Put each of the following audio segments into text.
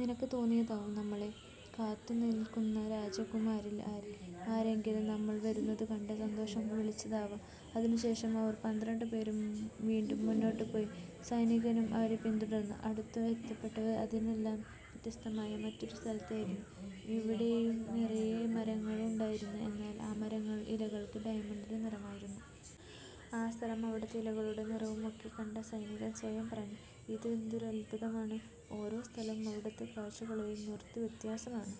നിനക്ക് തോന്നിയതാവും. നമ്മളെ കാത്തുനിൽക്കുന്ന രാജകുമാരന്മാരിൽ ആരെങ്കിലും നമ്മൾ വരുന്നതു കണ്ട സന്തോഷം കൊണ്ടു വിളിച്ചതാകാം. " അതിനുശേഷം അവർ പന്ത്രണ്ട് പേരും വീണ്ടും മുന്നോട്ടു പോയി. സൈനികനും അവരെ പിന്തുടർന്നു. അടുത്തവർ എത്തപ്പെട്ടത് അതിൽനിന്നെല്ലാം വ്യത്യസ്തമായ മറ്റൊരു സ്ഥലത്തായിരുന്നു. അവിടെയും നിറയെ മരങ്ങളുണ്ടായിരുന്നു. എന്നാൽ ആ മരങ്ങളിലെ ഇലകൾക്ക് ഡയമണ്ടിൻ്റെ നിറമായിരുന്നു. ആ സ്ഥലവും അവിടുത്തെ ഇലകളുടെ നിറവുമൊക്കെ കണ്ട സൈനികൻ സ്വയം പറഞ്ഞു। "ഇതെന്തൊരു അത്ഭുതമാണ്. ഓരോ സ്ഥലവും അവിടത്തെ കാഴ്ചകളും തീർത്തും വ്യത്യസ്തമാണ്.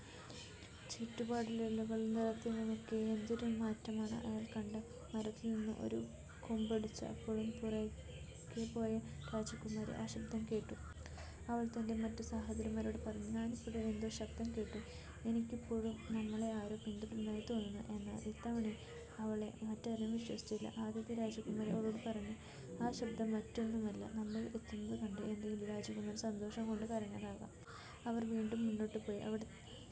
ചുറ്റുപാടിലും ഇലകളുടെ നിറത്തിലുമൊക്കെ എന്തൊരു മാറ്റമാണ്. " അയാൾ അവിടെ കണ്ട മരത്തിൽ നിന്നും ഒരു കൊമ്പൊടിച്ചു. അപ്പോഴും പുറകേപോയ രാജകുമാരി ആ ശബ്ദം കേട്ടു. അവൾ തൻ്റെ മറ്റു സഹോദരിമാരോട് പറഞ്ഞു "ഞാനിപ്പോഴും എന്തോ ശബ്ദം കേട്ടു. എനിക്കിപ്പോഴും നമ്മളെ ആരോ പിന്തുടരുന്നതായി തോന്നുന്നു. " എന്നാൽ ഇത്തവണയും അവളെ മറ്റാരും വിശ്വസിച്ചില്ല. ആദ്യത്തെ രാജകുമാരി അവളോട് പറഞ്ഞു "ആ ശബ്ദം മറ്റൊന്നുമല്ല. നമ്മൾ എത്തുന്നത് കണ്ടപ്പോൾ ഏതെങ്കിലും രാജകുമാരൻ സന്തോഷംകൊണ്ട് കരഞ്ഞതാകാം. " അവർ വീണ്ടും മുന്നോട്ടു പോയി.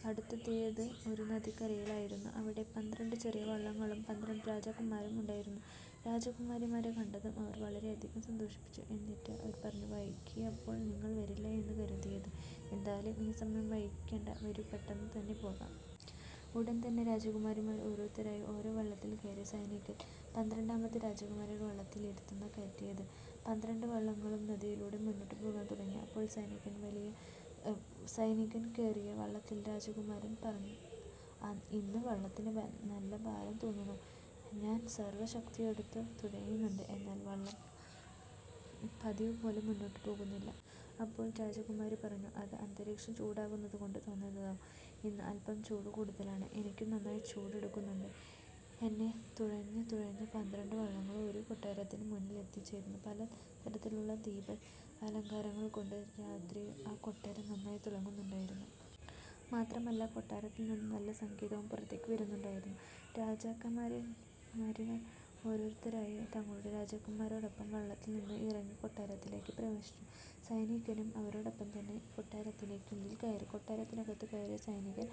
അടുത്തെത്തിയത് ഒരു നദിക്കരയിൽ ആയിരുന്നു. അവിടെ പന്ത്രണ്ട് ചെറിയ വള്ളങ്ങളും പന്ത്രണ്ട് രാജകുമാരന്മാരും ഉണ്ടായിരുന്നു. രാജകുമാരിമാരെ കണ്ടതും അവർ വളരെയധികം സന്തോഷിച്ചു. എന്നിട്ട് പറഞ്ഞു "വൈകിയപ്പോൾ നിങ്ങൾ വരില്ല എന്നാണ് കരുതിയത്. എന്തായാലും ഇനി സമയം വൈകിക്കേണ്ട വരൂ പെട്ടെന്ന് തന്നെ പോകാം. " ഉടൻതന്നെ രാജകുമാരിമാർ ഓരോരുത്തരായി ഓരോ വള്ളത്തിൽ കയറി. സൈനികൻ പന്ത്രണ്ടാമത്തെ രാജകുമാരിയുടെ വള്ളത്തിലായിരുന്നു കയറിയത്. പന്ത്രണ്ട് വള്ളങ്ങളും നദിയിലൂടെ മുന്നോട്ടു പോകാൻ തുടങ്ങി. അപ്പോൾ സൈനികൻ കയറിയ വള്ളത്തിലെ രാജകുമാരൻ പറഞ്ഞു "ഇന്ന് വള്ളത്തിന് നല്ല ഭാരം തോന്നുന്നു. ഞാൻ സർവ്വശക്തിയുമെടുത്ത് തുഴയുന്നുണ്ട്. എന്നാൽ വള്ളം പതിവുപോലെ മുന്നോട്ടു പോകുന്നില്ല. " അപ്പോൾ രാജകുമാരി പറഞ്ഞു "അത് അന്തരീക്ഷം ചൂടായതുകൊണ്ട് തോന്നുന്നതാവാം. ഇന്ന് അല്പം ചൂട് കൂടുതലാണ്. എനിക്കും നന്നായി ചൂട് എടുക്കുന്നുണ്ട്. " അങ്ങനെ തുഴഞ്ഞ് തുഴഞ്ഞ് പന്ത്രണ്ട് വള്ളങ്ങളും ഒരു കൊട്ടാരത്തിൻ്റെ മുൻപിൽ എത്തിച്ചേർന്നു. പലതരത്തിലുള്ള ദീപാലങ്കാരങ്ങൾ കൊണ്ട് രാത്രിയിൽ ആ കൊട്ടാരം നന്നായി തിളങ്ങുന്നുണ്ടായിരുന്നു. മാത്രമല്ല കൊട്ടാരത്തിൽനിന്നും നല്ല സംഗീതവും പുറത്തേക്ക് വരുന്നുണ്ടായിരുന്നു. രാജകുമാരിമാർ ഓരോരുത്തരായി തങ്ങളുടെ രാജകുമാരന്മാരോടൊപ്പം വള്ളത്തിൽ നിന്നും ഇറങ്ങി കൊട്ടാരത്തിനുള്ളിലേക്ക് പ്രവേശിച്ചു. സൈനികനും അവരോടൊപ്പം തന്നെ കൊട്ടാരത്തിനുള്ളിലേക്ക് കയറി. കൊട്ടാരത്തിനകത്ത് കയറിയ സൈനികൻ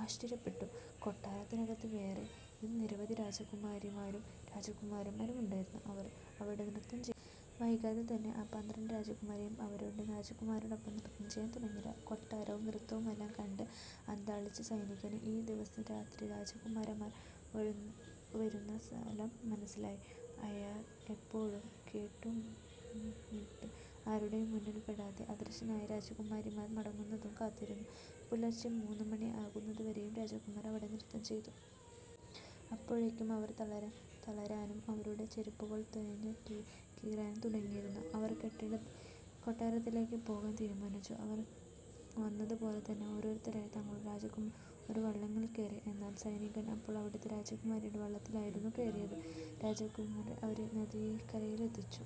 ആശ്ചര്യപ്പെട്ടു. കൊട്ടാരത്തിനകത്ത് വേറെയും നിരവധി രാജകുമാരിമാരും രാജകുമാരന്മാരും ഉണ്ടായിരുന്നു. അവർ അവിടെ നൃത്തം ചെയ്യുകയായിരുന്നു. വൈകാതെ തന്നെ ഈ പന്ത്രണ്ട് രാജകുമാരിമാരും അവരവരുടെ രാജകുമാരന്മാരോടൊപ്പം നൃത്തം ചെയ്യാൻ തുടങ്ങി. കൊട്ടാരവും നൃത്തവുമെല്ലാം കണ്ട് അന്ധാളിച്ച സൈനികന് അങ്ങനെ ദിവസവും രാത്രി രാജകുമാരിമാർ വരുന്ന സ്ഥലം മനസ്സിലായി. അയാൾ അപ്പോഴും കോട്ടുമിട്ട് ആരുടെയും മുൻപിൽ പെടാതെ അദൃശനായി രാജകുമാരിമാർ മടങ്ങുന്നതും കാത്തിരുന്നു. പുലർച്ചെ മൂന്നുമണി ആകുന്നതുവരെയും രാജകുമാരിമാർ അവിടെ നൃത്തം ചെയ്തു. അപ്പോഴേക്കും അവർ തളരാനും അവരുടെ ചെരുപ്പുകൾ തേഞ്ഞ് കീറാനും തുടങ്ങിയിരുന്നു. അവർ കൊട്ടാരത്തിലേക്ക് പോകാൻ തീരുമാനിച്ചു. അവർ വന്നത് പോലെ തന്നെ ഓരോരുത്തരായി തങ്ങളുടെ രാജകുമാരന്മാരോടൊപ്പം ഓരോ വള്ളങ്ങളിൽ കയറി. എന്നാൽ സൈനികൻ അപ്പോൾ ആദ്യത്തെ രാജകുമാരിയുടെ വള്ളത്തിൽ ആയിരുന്നു കയറിയത്. രാജകുമാരന്മാർ അവരെ നദിക്കരയിലെത്തിച്ചു.